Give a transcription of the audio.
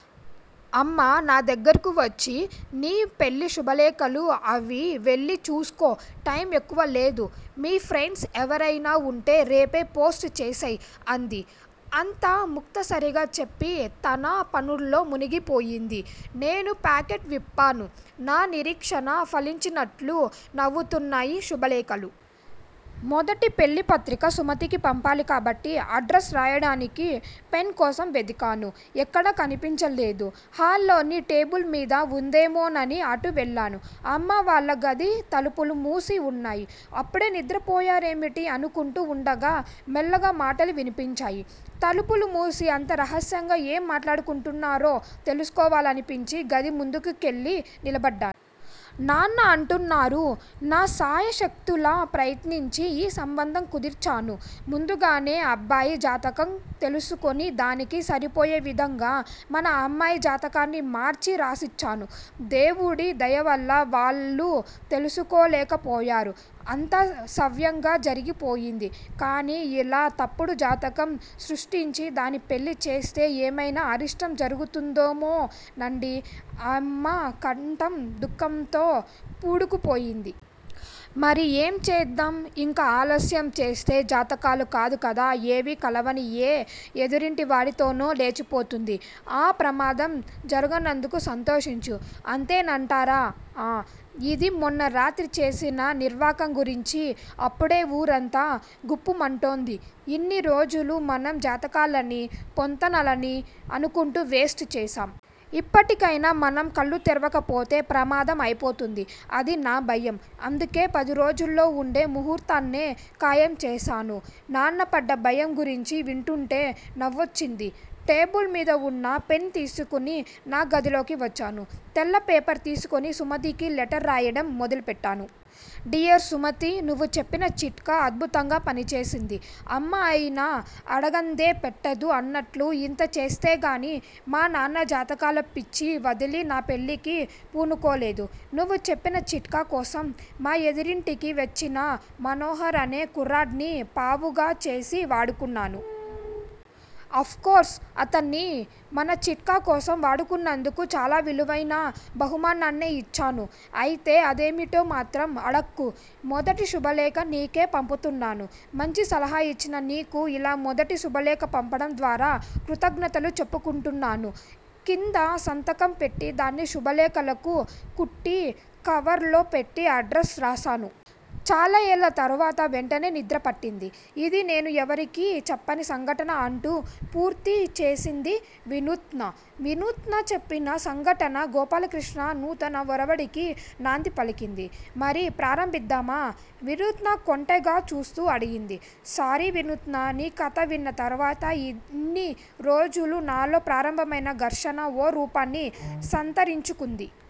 అమ్మ నా దగ్గరకు వచ్చి నీ పెళ్ళి శుభలేఖలు అవి వెళ్ళి చూసుకో టైమ్ ఎక్కువ లేదు. మీ ఫ్రెండ్స్ ఎవరైనా వుంటే రేపే పోస్ట్ చేసెయ్ అంది. అంతా ముక్తసరిగా చెప్పి తన పనుల్లో మునిగిపోయింది. నేను ప్యాకెట్ విప్పాను నా నిరీక్షణ ఫలించినట్లు నవ్వుతున్నాయి శుభలేఖలు. మొదటి పెళ్ళిపత్రిక సుమతికి పంపాలి కాబట్టి అడ్రస్ రాయడానికి పెన్ కోసం వెదికాను ఎక్కడా కనిపించలేదు. హాల్లోని టేబుల్ మీద వుందేమోనని అటు వెళ్ళాను. అమ్మా వాళ్ళ గది తలుపులు మూసి వున్నాయి. అప్పుడే నిద్రపోయారేమిటి అనుకుంటూ వుండగా మెల్లగా మాటలు విన్పించాయి. తలుపులు మూసి అంత రహస్యంగా ఏం మాట్లాడుకుంటున్నారో తెలుసుకోవాలనిపించి గది ముందు కెళ్ళి నిలబడ్డాను. నాన్న అంటున్నారు- నా శాయశక్తులా ప్రయత్నించి ఈ సంబంధం కుదిర్చాను. ముందుగానే అబ్బాయి జాతకం తెలుసుకుని, దానికి సరిపోయే విధంగా మన అమ్మాయి జాతకాన్ని మార్చి రాసిచ్చాను. దేవుడి దయవల్ల వాళ్ళు తెలుసుకోలేకపోయారు. అంతా సవ్యంగా జరిగిపోయింది. కానీ ఇలా తప్పుడు జాతకం సృష్టించి దాని పెళ్ళి చేస్తే ఏమైనా అరిష్టం జరుగుతుందేమోనండీ అమ్మ కంఠం దుఃఖంతో పూడుకుపోయింది. మరి ఏం చేద్దాం? ఇంకా ఆలస్యం చేస్తే జాతకాలు కాదు కదా ఏవీ కలవని ఏ ఎదురింటివాడితోనో లేచిపోతుంది. ఆ ప్రమాదం జరగనందుకు సంతోషించు. అంతేనంటారా? ఆఁ ఇది మొన్న రాత్రి చేసిన నిర్వాకం గురించి అప్పుడే ఊరంతా గుప్పుమంటోంది. ఇన్ని రోజులూ మనం జాతకాలనీ, పొంతనలనీ అనుకుంటూ వేస్ట్ చేశాం. ఇప్పటికయినా మనం కళ్ళు తెరవక పోతే ప్రమాదం అయిపోతుంది. అదీ నా భయం. అందుకే పదిరోజుల్లో వుండే ముహూర్తాన్నే ఖాయం చేశాను. నాన్న పడ్డ భయం గురించి వింటుంటే నవ్వొచ్చింది. టేబుల్ మీద వున్న పెన్ తీసుకుని నా గదిలోకి వచ్చాను. తెల్ల పేపర్ తీసుకుని సుమతికి లెటర్ రాయడం మొదలుపెట్టాను. డియర్ సుమతీ! నువ్వు చెప్పిన చిట్కా అద్బుతంగా పనిచేసింది. అమ్మ అయినా అడగందే పెట్టదు అన్నట్లు ఇంత చేస్తేగానీ మా నాన్న జాతకాల పిచ్చి వదిలి నా పెళ్ళికి పూనుకోలేదు. నువ్వు చెప్పిన చిట్కా కోసం మా ఎదురింటికి వచ్చిన మనోహర్ అనే కుర్రాడ్ని పావుగా చేసి వాడుకున్నాను. అఫ్ కోర్స్ అతన్ని మన చిట్కా కోసం వాడుకున్నందుకు చాలా విలువైన బహుమానాన్నే ఇచ్చాను. అయితే అదేమిటో మాత్రం అడక్కు. మొదటి శుభలేఖ నీకే పంపుతున్నాను. మంచి సలహా ఇచ్చిన నీకు ఇలా మొదటి శుభలేఖ పంపడం ద్వారా కృతజ్ఞతలు చెప్పుకుంటున్నాను. కింద సంతకం పెట్టి దాన్ని శుభలేఖలకు కుట్టి, కవర్ లో పెట్టి అడ్రస్ రాశాను. చాలా ఏళ్ల తరువాత వెంటనే నిద్ర పట్టింది. ఇది నేను ఎవరికీ చెప్పని సంఘటన అంటూ పూర్తి చేసింది వినూత్న. వినూత్న చెప్పిన సంఘటన గోపాలకృష్ణ నూతన ఒరవడికి నాంది పలికింది. మరి ప్రారంభిద్దామా? వినూత్న కొంటెగా చూస్తూ అడిగింది. సారీ వినూత్నా! నీ కథ విన్న తర్వాత ఇన్ని రోజులూ నాలో ప్రారంభమైన ఘర్షణ ఓ రూపాన్ని సంతరించుకుంది.